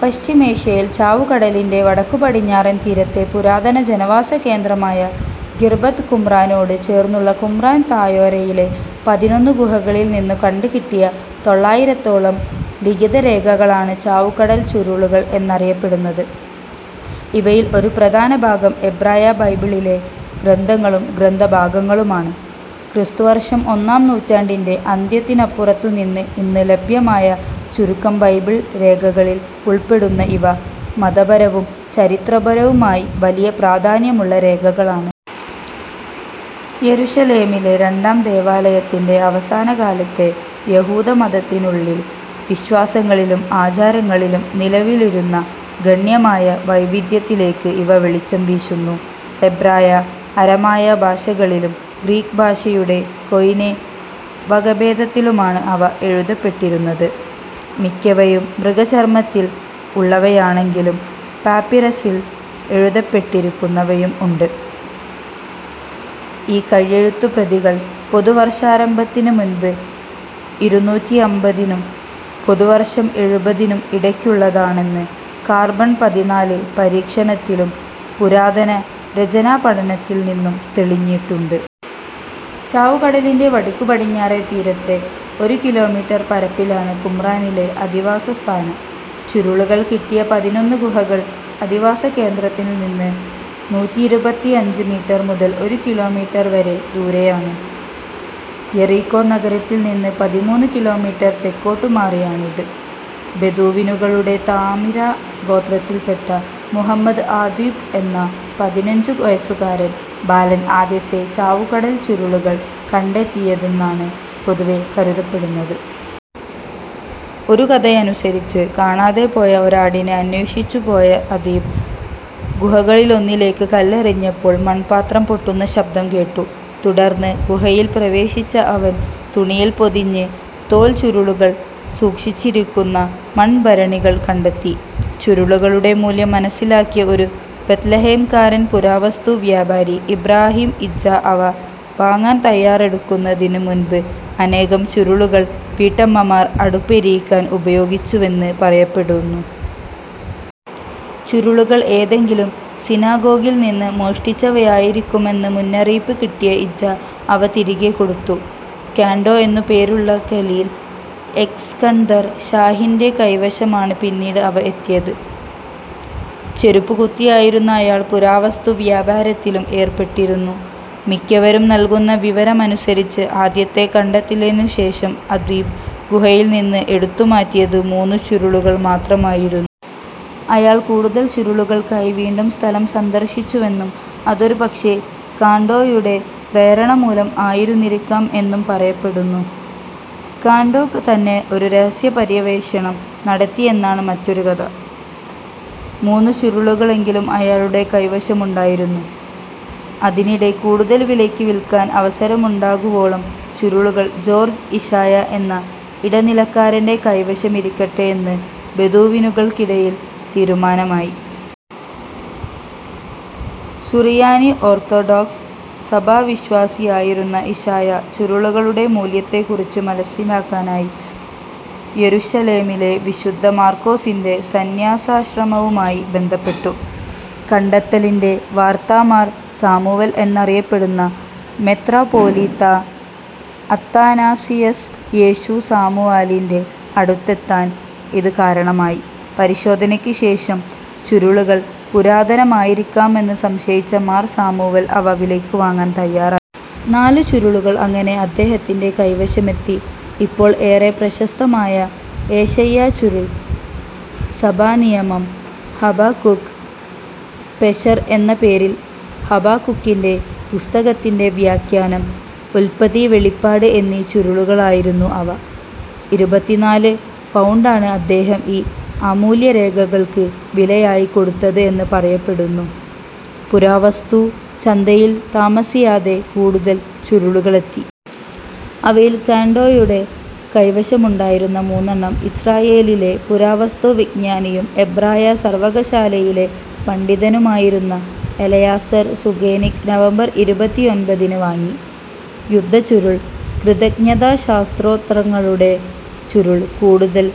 പശ്ചിമേഷ്യയിൽ ചാവുകടലിൻ്റെ വടക്കുപടിഞ്ഞാറൻ തീരത്തെ പുരാതന ജനവാസകേന്ദ്രമായ ഖിർബത് കുമ്രാനോടു ചേർന്നുള്ള കുമ്രാൻ താഴ്വരയിലെ പതിനൊന്ന് ഗുഹകളിൽ നിന്ന് കണ്ടുകിട്ടിയ തൊള്ളായിരത്തോളം ലിഖിതരേഖകളാണ് ചാവുകടൽ ചുരുളുകൾ എന്നറിയപ്പെടുന്നത്. ഇവയിൽ ഒരു പ്രധാനഭാഗം എബ്രായ ബൈബിളിലെ ഗ്രന്ഥങ്ങളും ഗ്രന്ഥഭാഗങ്ങളുമാണ്. ക്രിസ്തുവർഷം ഒന്നാം നൂറ്റാണ്ടിൻ്റെ അന്ത്യത്തിനപ്പുറത്തുനിന്ന് ഇന്ന് ലഭ്യമായ ചുരുക്കം ബൈബിൾ രേഖകളിൽ ഉൾപ്പെടുന്ന ഇവ, മതപരവും ചരിത്രപരവുമായി വലിയ പ്രാധാന്യമുള്ള രേഖകളാണ്. യെരുശലേമിലെ രണ്ടാം ദേവാലയത്തിൻ്റെ അവസാനകാലത്തെ യഹൂദമതത്തിനുള്ളിൽ, വിശ്വാസങ്ങളിലും ആചാരങ്ങളിലും നിലവിലിരുന്ന ഗണ്യമായ വൈവിധ്യത്തിലേക്ക് ഇവ വെളിച്ചം വീശുന്നു. എബ്രായ, അരമായ ഭാഷകളിലും ഗ്രീക്ക് ഭാഷയുടെ കൊയ്നെ വകഭേദത്തിലുമാണ് അവ എഴുതപ്പെട്ടിരിക്കുന്നത്. മിക്കവയും മൃഗചർമ്മത്തിൽ ഉള്ളവയാണെങ്കിലും പാപ്പിറസിൽ എഴുതപ്പെട്ടിരിക്കുന്നവയും ഉണ്ട്. ഈ കൈയെഴുത്തുപ്രതികൾ പൊതുവർഷാരംഭത്തിന് മുൻപ് ഇരുനൂറ്റമ്പതിനും പൊതുവർഷം എഴുപതിനും ഇടയ്ക്കുള്ളതാണെന്ന് കാർബൺ പതിനാല് പരീക്ഷണത്തിലും പുരാതന രചനാപഠനത്തിൽ നിന്നും തെളിഞ്ഞിട്ടുണ്ട്. ചാവുകടലിൻ്റെ വടക്കുപടിഞ്ഞാറെ തീരത്തെ ഒരു കിലോമീറ്റർ പരപ്പിലാണ് കുമ്രാനിലെ അധിവാസസ്ഥാനം. ചുരുളുകൾ കിട്ടിയ പതിനൊന്ന് ഗുഹകൾ അധിവാസകേന്ദ്രത്തിൽ നിന്ന് നൂറ്റിയിരുപത്തഞ്ച് മീറ്റർ മുതൽ ഒരു കിലോമീറ്റർ വരെ ദൂരെയാണ്. യെറീക്കോ നഗരത്തിൽ നിന്ന് പതിമൂന്ന് കിലോമീറ്റർ തെക്കോട്ടുമാറിയാണിത്. ബെദൂവിനുകളുടെ താമിരാ ഗോത്രത്തിൽ പെട്ട മുഹമ്മദ് ആദ്ദിബ്ബ് എന്ന പതിനഞ്ചുവയസ്സുകാരൻ ബാലൻ ആദ്യത്തെ ചാവുകടൽ ചുരുളുകൾ കണ്ടെത്തിയെതെന്നാണ് പൊതുവേ കരുതപ്പെടുന്നത്. ഒരു കഥയനുസരിച്ച് കാണാതെപോയ ഒരാടിനെ അന്വേഷിച്ചുപോയ അദ്ദീബ്, ഗുഹകളിലൊന്നിലേക്ക് കല്ലെറിഞ്ഞപ്പോൾ മൺപാത്രം പൊട്ടുന്ന ശബ്ദം കേട്ടു. തുടർന്ന് ഗുഹയിൽ പ്രവേശിച്ച അവൻ, തുണിയിൽ പൊതിഞ്ഞ് തോൽച്ചുരുളുകൾ സൂക്ഷിച്ചിരിക്കുന്ന മൺഭരണികൾ കണ്ടെത്തി. ചുരുളുകളുടെ മൂല്യം മനസ്സിലാക്കിയ ഒരു ബെത്ലഹേംകാരൻ പുരാവസ്തു വ്യാപാരി ഇബ്രാഹിം ഇജാ അവ വാങ്ങാൻ തയ്യാറടെക്കുന്നതിന്റെ മുൻപ്, അനേകം ചുരുളുകൾ വീട്ടമ്മമാർ അടുപ്പെരിക്കാൻ ഉപയോഗിച്ചുവെന്ന് പറയപ്പെടുന്നു. ചുരുളുകൾ ഏതെങ്കിലും സിനഗോഗിൽ നിന്ന് മോഷ്ടിച്ചവയായിരിക്കുമെന്ന് മുന്നറിയിപ്പ് കിട്ടിയ ഇജാ അവ തിരികെ കൊടുത്തു. കാൻഡോ എന്നും പേരുള്ള ഖലീൽ എസ്കന്ദർ ഷാഹിൻ്റെ കൈവശമാണ് പിന്നീട് അവ എത്തിയത്. ചെരുപ്പുകുത്തിയായിരുന്ന അയാൾ പുരാവസ്തു വ്യാപാരത്തിലും ഏർപ്പെട്ടിരുന്നു. മിക്കവരും നൽകുന്ന വിവരമനുസരിച്ച് ആദ്യത്തെ കണ്ടെത്തലിനുശേഷം അദ്ദീബ് ഗുഹയിൽ നിന്ന് എടുത്തുമാറ്റിയത് മൂന്ന് ചുരുളുകൾ മാത്രമായിരുന്നു. അയാൾ കൂടുതൽ ചുരുളുകൾക്കായി വീണ്ടും സ്ഥലം സന്ദർശിച്ചുവെന്നും അതൊരുപക്ഷേ കാൻഡോയുടെ പ്രേരണമൂലം ആയിരുന്നിരിക്കാം എന്നും പറയപ്പെടുന്നു. കാൻഡോ തന്നെ ഒരു രഹസ്യപര്യവേഷണം നടത്തിയെന്നാണ് മറ്റൊരു കഥ. മൂന്ന് ചുരുളുകളെങ്കിലും അയാളുടെ കൈവശമുണ്ടായിരുന്നു. അതിനിടെ കൂടുതൽ വിലയ്ക്ക് വിൽക്കാൻ അവസരമുണ്ടാകുവോളം ചുരുളുകൾ ജോർജ്ജ് ഇശയാ എന്ന ഇടനിലക്കാരൻ്റെ കൈവശമിരിക്കട്ടെ എന്ന് ബെദൂവിനുകൾക്കിടയിൽ തീരുമാനമായി. സുറിയാനി ഓർത്തോഡോക്സ് സഭാവിശ്വാസിയായിരുന്ന ഇശയാ ചുരുളുകളുടെ മൂല്യത്തെക്കുറിച്ച് മനസ്സിലാക്കാനായി, യെരുശലേമിലെ വിശുദ്ധ മർക്കോസിൻ്റെ സന്ന്യാസാശ്രമവുമായി ബന്ധപ്പെട്ടു. കണ്ടെത്തലിൻ്റെ വാർത്ത മാർ സാമുവൽ എന്നറിയപ്പെടുന്ന മെത്രാപ്പോലീത്താ അത്താനാസിയസ് യേശു സാമുവലിൻ്റെ അടുത്തെത്താൻ ഇത് കാരണമായി. പരിശോധനയ്ക്ക് ശേഷം ചുരുളുകൾ പുരാതനമായിരിക്കാമെന്ന് സംശയിച്ച മാർ സാമുവൽ അവ വിലയ്ക്ക് വാങ്ങാൻ തയ്യാറായി. നാല് ചുരുളുകൾ അങ്ങനെ അദ്ദേഹത്തിൻ്റെ കൈവശമെത്തി. ഇപ്പോൾ ഏറെ പ്രശസ്തമായ ഏശയ്യാ ചുരുൾ, സഭാനിയമം, ഹബക്കുക്ക് പെഷെർ എന്ന പേരിൽ ഹബക്കുകിൻ്റെ പുസ്തകത്തിൻ്റെ വ്യാഖ്യാനം, ഉല്പത്തി വെളിപാട് എന്നീ ചുരുളുകളായിരുന്നു അവ. ഇരുപത്തിനാല് പൗണ്ടാണ് അദ്ദേഹം ഈ അമൂല്യരേഖകൾക്ക് വിലയായി കൊടുത്തത് എന്ന് പറയപ്പെടുന്നു. പുരാവസ്തുച്ചന്തയിൽ താമസിയാതെ കൂടുതൽ ചുരുളുകളെത്തി. അവയിൽ കാൻഡോയുടെ കൈവശമുണ്ടായിരുന്ന മൂന്നെണ്ണം ഇസ്രായേലിലെ പുരാവസ്തുവിജ്ഞാനിയും എബ്രായ സർവ്വകലാശാലയിലെ പണ്ഡിതനുമായിരുന്ന എലയാസർ സുകേനിക് നവംബർ ഇരുപത്തൊമ്പതിന് വാങ്ങി. യുദ്ധച്ചുരുൾ, കൃതജ്ഞതാസ്തോത്രങ്ങളുടെ ചുരുൾ, കൂടുതൽ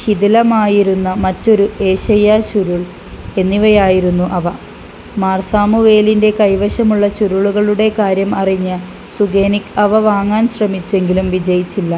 ശിഥിലമായിരുന്ന മറ്റൊരു ഏശയ്യാ ചുരുൾ എന്നിവയായിരുന്നു അവ. മാർ സാമുവേലിൻ്റെ കൈവശമുള്ള ചുരുളുകളുടെ കാര്യം അറിഞ്ഞ സുകേനിക് അവ വാങ്ങാൻ ശ്രമിച്ചെങ്കിലും വിജയിച്ചില്ല.